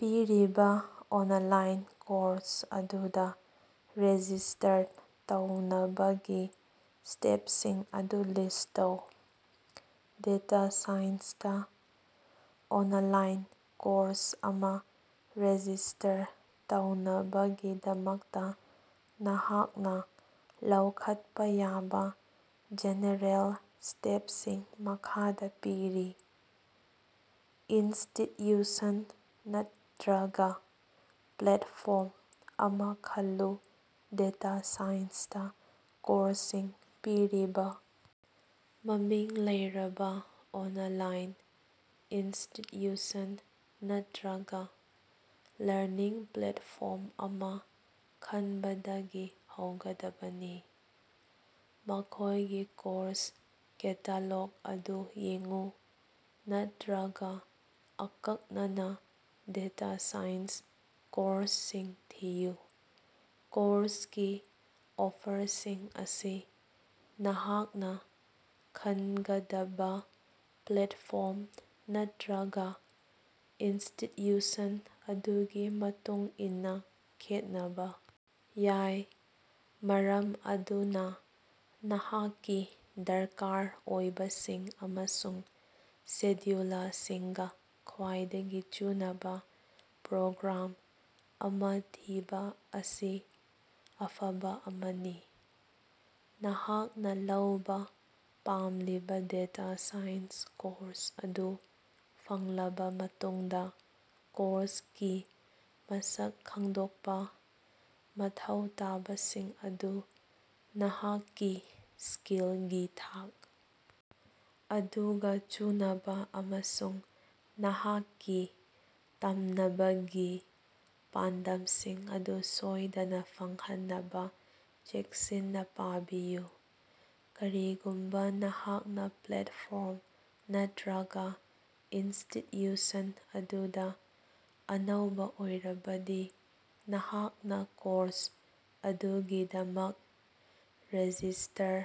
ꯄꯤꯔꯤꯕꯥ online course ꯑꯗꯨꯗꯥ register ꯇꯧꯅꯕꯒꯤ ꯁ꯭ꯇꯦꯞꯁꯤꯡ ꯑꯗꯨ ꯂꯤꯁ꯭ꯠ ꯇꯧ꯫ ꯗꯦꯇꯥ ꯁꯥꯏꯟꯁꯇꯥ ꯑꯣꯅꯂꯥꯏꯟ ꯀꯣꯔꯁ ꯑꯃꯥ ꯔꯦꯖꯤꯁ꯭ꯇꯔ ꯇꯧꯅꯕꯒꯤꯗꯃꯛꯇꯥ ꯅꯍꯥꯛꯅꯥ ꯂꯧꯈꯠꯄꯥ ꯌꯥꯕꯥ ꯖꯦꯅꯦꯔꯦꯜ ꯁ꯭ꯇꯦꯞꯁꯤꯡ ꯃꯈꯥꯗꯥ ꯄꯤꯔꯤ꯫ ꯏꯟꯁꯇꯤꯠꯌꯨꯁꯟ ꯅꯠꯇ꯭ꯔꯒꯥ ꯄ꯭ꯂꯦꯇꯐꯣꯔꯝ ꯑꯃꯥ ꯈꯜꯂꯨ ꯗꯦꯇꯥ ꯁꯥꯏꯟꯁꯇꯥ ꯀꯣꯔꯁꯁꯤꯡ ꯄꯤꯔꯤꯕꯥ ꯃꯃꯤꯡ ꯂꯩꯔꯕꯥ ꯑꯣꯅꯂꯥꯏꯟ ꯏꯟꯁꯇꯤꯠꯌꯨꯁꯟ ꯅꯠꯇ꯭ꯔꯒꯥ ꯂꯔꯅꯤꯡ ꯄ꯭ꯂꯦꯇꯐꯣꯔꯝ ꯑꯃꯥ ꯈꯟꯕꯗꯒꯤ ꯍꯧꯒꯗꯕꯅꯤ꯫ ꯃꯈꯣꯏꯒꯤ ꯀꯣꯔꯁ ꯀꯦꯇꯥꯂꯣꯒ ꯑꯗꯨ ꯌꯦꯡꯎ ꯅꯠꯇ꯭ꯔꯒ ꯑꯀꯛꯅꯅꯥ ꯗꯦꯇꯥ ꯁꯥꯏꯟꯁ ꯀꯣꯔꯁꯁꯤꯡ ꯊꯤꯌꯨ꯫ ꯀꯣꯔꯁꯀꯤ ꯑꯣꯐꯔꯁꯤꯡ ꯑꯁꯤ ꯅꯍꯥꯛꯅꯥ ꯈꯟꯒꯗꯕꯥ ꯄ꯭ꯂꯦꯠꯐꯣꯔꯝ ꯅꯠꯇ꯭ꯔꯒꯥ ꯏꯟꯁꯇꯤꯠꯌꯨꯁꯟ ꯑꯗꯨꯒꯤ ꯃꯇꯨꯡ ꯏꯟꯅꯥ ꯈꯦꯠꯅꯕꯥ ꯌꯥꯏ, ꯃꯔꯝ ꯑꯗꯨꯅꯥ ꯅꯍꯥꯛꯀꯤ ꯗꯔꯀꯥꯔ ꯑꯣꯏꯕꯁꯤꯡ ꯑꯃꯁꯨꯡ ꯁꯦꯗ꯭ꯌꯨꯂꯁꯤꯡꯒꯥ ꯈ꯭ꯋꯥꯏꯗꯒꯤ ꯆꯨꯅꯕꯥ ꯄ꯭ꯔꯣꯒ꯭ꯔꯥꯝ ꯑꯃꯥ ꯊꯤꯕꯥ ꯑꯁꯤ ꯑꯐꯕꯥ ꯑꯃꯅꯤ꯫ꯅꯍꯥꯛꯅꯥ ꯂꯧꯕꯥ ꯄꯥꯝꯂꯤꯕꯥ ꯗꯦꯇꯥ ꯁꯥꯏꯟꯁ ꯀꯣꯔꯁ ꯑꯗꯨ ꯐꯪꯂꯕꯥ ꯃꯇꯨꯡꯗꯥ, ꯀꯣꯔꯁꯀꯤ ꯃꯁꯛ ꯈꯪꯗꯣꯛꯄꯥ, ꯃꯊꯧ ꯇꯥꯕꯁꯤꯡ ꯑꯗꯨ ꯅꯍꯥꯛꯀꯤ ꯁ꯭ꯀꯤꯜꯒꯤ ꯊꯥꯛ ꯑꯗꯨꯒꯥ ꯆꯨꯅꯕꯥ ꯑꯃꯁꯨꯡ ꯅꯍꯥꯛꯀꯤ ꯇꯝꯅꯕꯒꯤ ꯄꯥꯟꯗꯝꯁꯤꯡ ꯑꯗꯨ ꯁꯣꯏꯗꯅꯥ ꯐꯪꯍꯟꯅꯕꯥ ꯆꯦꯛꯁꯤꯟꯅꯥ ꯄꯥꯕꯤꯌꯨ꯫ ꯀꯔꯤꯒꯨꯝꯕꯥ ꯅꯍꯥꯛꯅꯥ ꯄ꯭ꯂꯦꯇꯐꯣꯔꯝ ꯅꯠꯇ꯭ꯔꯒꯥ ꯏꯟꯁꯇꯤꯠꯌꯨꯁꯟ ꯑꯗꯨꯗꯥ ꯑꯅꯧꯕꯥ ꯑꯣꯏꯔꯕꯗꯤ, ꯅꯍꯥꯛꯅꯥ ꯀꯣꯔꯁ ꯑꯗꯨꯒꯤꯗꯃꯛ ꯔꯦꯖꯤꯁ꯭ꯇꯔ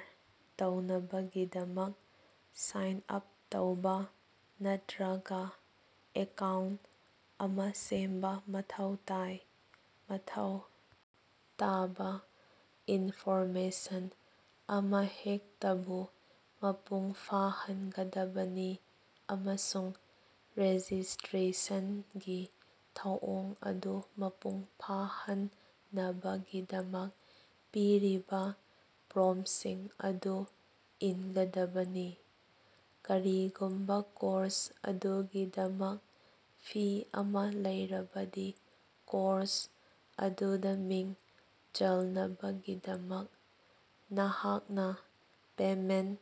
ꯇꯧꯅꯕꯒꯤꯗꯃꯛ ꯁꯥꯏꯟ ꯑꯥꯞ ꯇꯧꯕ ꯅꯠꯇ꯭ꯔꯒꯥ ꯑꯦꯀꯥꯎꯟꯇ ꯑꯃꯥ ꯁꯦꯝꯕ ꯃꯊꯧ ꯇꯥꯏ꯫ꯃꯊꯧ ꯇꯥꯕꯥ ꯏꯟꯐꯣꯔꯃꯦꯁꯟ ꯑꯃꯍꯦꯛꯇꯕꯨ ꯃꯄꯨꯡ ꯐꯥꯍꯟꯒꯗꯕꯅꯤ ꯑꯃꯁꯨꯡ ꯔꯦꯖꯤꯁ꯭ꯇꯔꯦꯁꯟꯒꯤ ꯊꯧꯑꯣꯡ ꯑꯗꯨ ꯃꯄꯨꯡ ꯐꯥꯍꯟꯅꯕꯒꯤꯗꯃꯛ ꯄꯤꯔꯤꯕꯥ ꯄ꯭ꯔꯣꯝꯁꯤꯡ ꯑꯗꯨ ꯏꯟꯒꯗꯕꯅꯤ꯫ ꯀꯔꯤꯒꯨꯝꯕꯥ ꯀꯣꯔꯁ ꯑꯗꯨꯒꯤꯗꯃꯛ ꯐꯤ ꯑꯃꯥ ꯂꯩꯔꯕꯗꯤ, ꯀꯣꯔꯁ ꯑꯗꯨꯗꯥ ꯃꯤꯡ ꯆꯜꯅꯕꯒꯤꯗꯃꯛ ꯅꯍꯥꯛꯅꯥ ꯄꯦꯃꯦꯟꯇ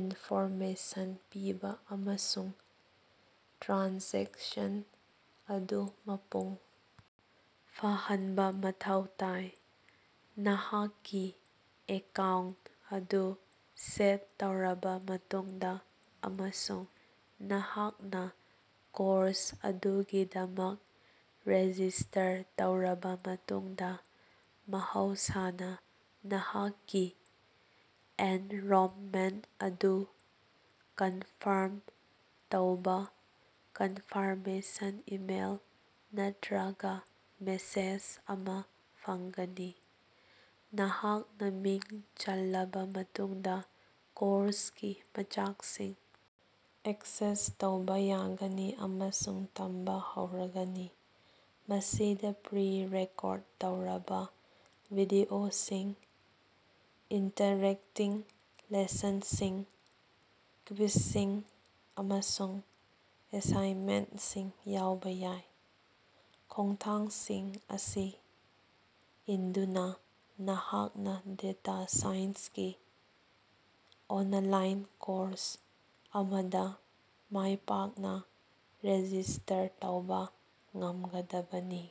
ꯏꯟꯐꯣꯔꯃꯦꯁꯟ ꯄꯤꯕꯥ ꯑꯃꯁꯨꯡ ꯇ꯭ꯔꯥꯟꯖꯦꯛꯁꯟ ꯑꯗꯨ ꯃꯄꯨꯡ ꯐꯥꯍꯟꯕꯥ ꯃꯊꯧ ꯇꯥꯏ꯫ ꯅꯍꯥꯛꯀꯤ ꯑꯦꯀꯥꯎꯟꯇ ꯑꯗꯨ ꯁꯦꯠ ꯇꯧꯔꯕꯥ ꯃꯇꯨꯡꯗꯥ ꯑꯃꯁꯨꯡ ꯅꯍꯥꯛꯅꯥ ꯀꯣꯔꯁ ꯑꯗꯨꯒꯤꯗꯃꯛ ꯔꯦꯖꯤꯁ꯭ꯇꯔ ꯇꯧꯔꯕꯥ ꯃꯇꯨꯡꯗꯥ, ꯃꯍꯧꯁꯥꯅꯥ ꯅꯍꯥꯛꯀꯤ ꯑꯦꯟꯔꯣꯝꯃꯦꯟꯠ ꯑꯗꯨ ꯀꯟꯐꯥꯔꯝ ꯇꯧꯕ ꯀꯟꯐꯥꯔꯃꯦꯁꯟ ꯏꯃꯦꯜ ꯅꯠꯇ꯭ꯔꯒꯥ ꯃꯦꯁꯦꯖ ꯑꯃꯥ ꯐꯪꯒꯅꯤ꯫ꯅꯍꯥꯛꯅꯥ ꯃꯤꯡ ꯆꯜꯂꯕꯥ ꯃꯇꯨꯡꯗꯥ ꯀꯣꯔꯁꯀꯤ ꯃꯆꯥꯛꯁꯤꯡ ꯑꯦꯛꯁꯦꯁ ꯇꯧꯕ ꯌꯥꯒꯅꯤ ꯑꯃꯁꯨꯡ ꯇꯝꯕ ꯍꯧꯔꯒꯅꯤ꯫ ꯃꯁꯤꯗꯥ ꯄ꯭ꯔꯤ ꯔꯦꯀꯣꯔꯠ ꯇꯧꯔꯕꯥ ꯚꯤꯗꯤꯑꯣꯁꯤꯡ, ꯏꯟꯇꯔꯦꯛꯇꯤꯛ ꯂꯦꯁꯟꯁꯤꯡ, ꯀ꯭ꯕꯤꯖꯁꯤꯡ ꯑꯃꯁꯨꯡ ꯑꯦꯁꯥꯏꯃꯦꯟꯠꯁꯤꯡ ꯌꯥꯎꯕ ꯌꯥꯏ꯫ ꯈꯣꯡꯊꯥꯡꯁꯤꯡ ꯑꯁꯤ ꯏꯟꯗꯨꯅꯥ, ꯅꯍꯥꯛꯅꯥ ꯗꯦꯇꯥ ꯁꯥꯏꯟꯁꯀꯤ ꯑꯣꯅꯂꯥꯏꯟ ꯀꯣꯔꯁ ꯑꯃꯗꯥ ꯃꯥꯏꯄꯥꯛꯅꯥ ꯔꯦꯖꯤꯁ꯭ꯇꯔ ꯇꯧꯕꯥ ꯉꯝꯒꯗꯕꯅꯤ꯫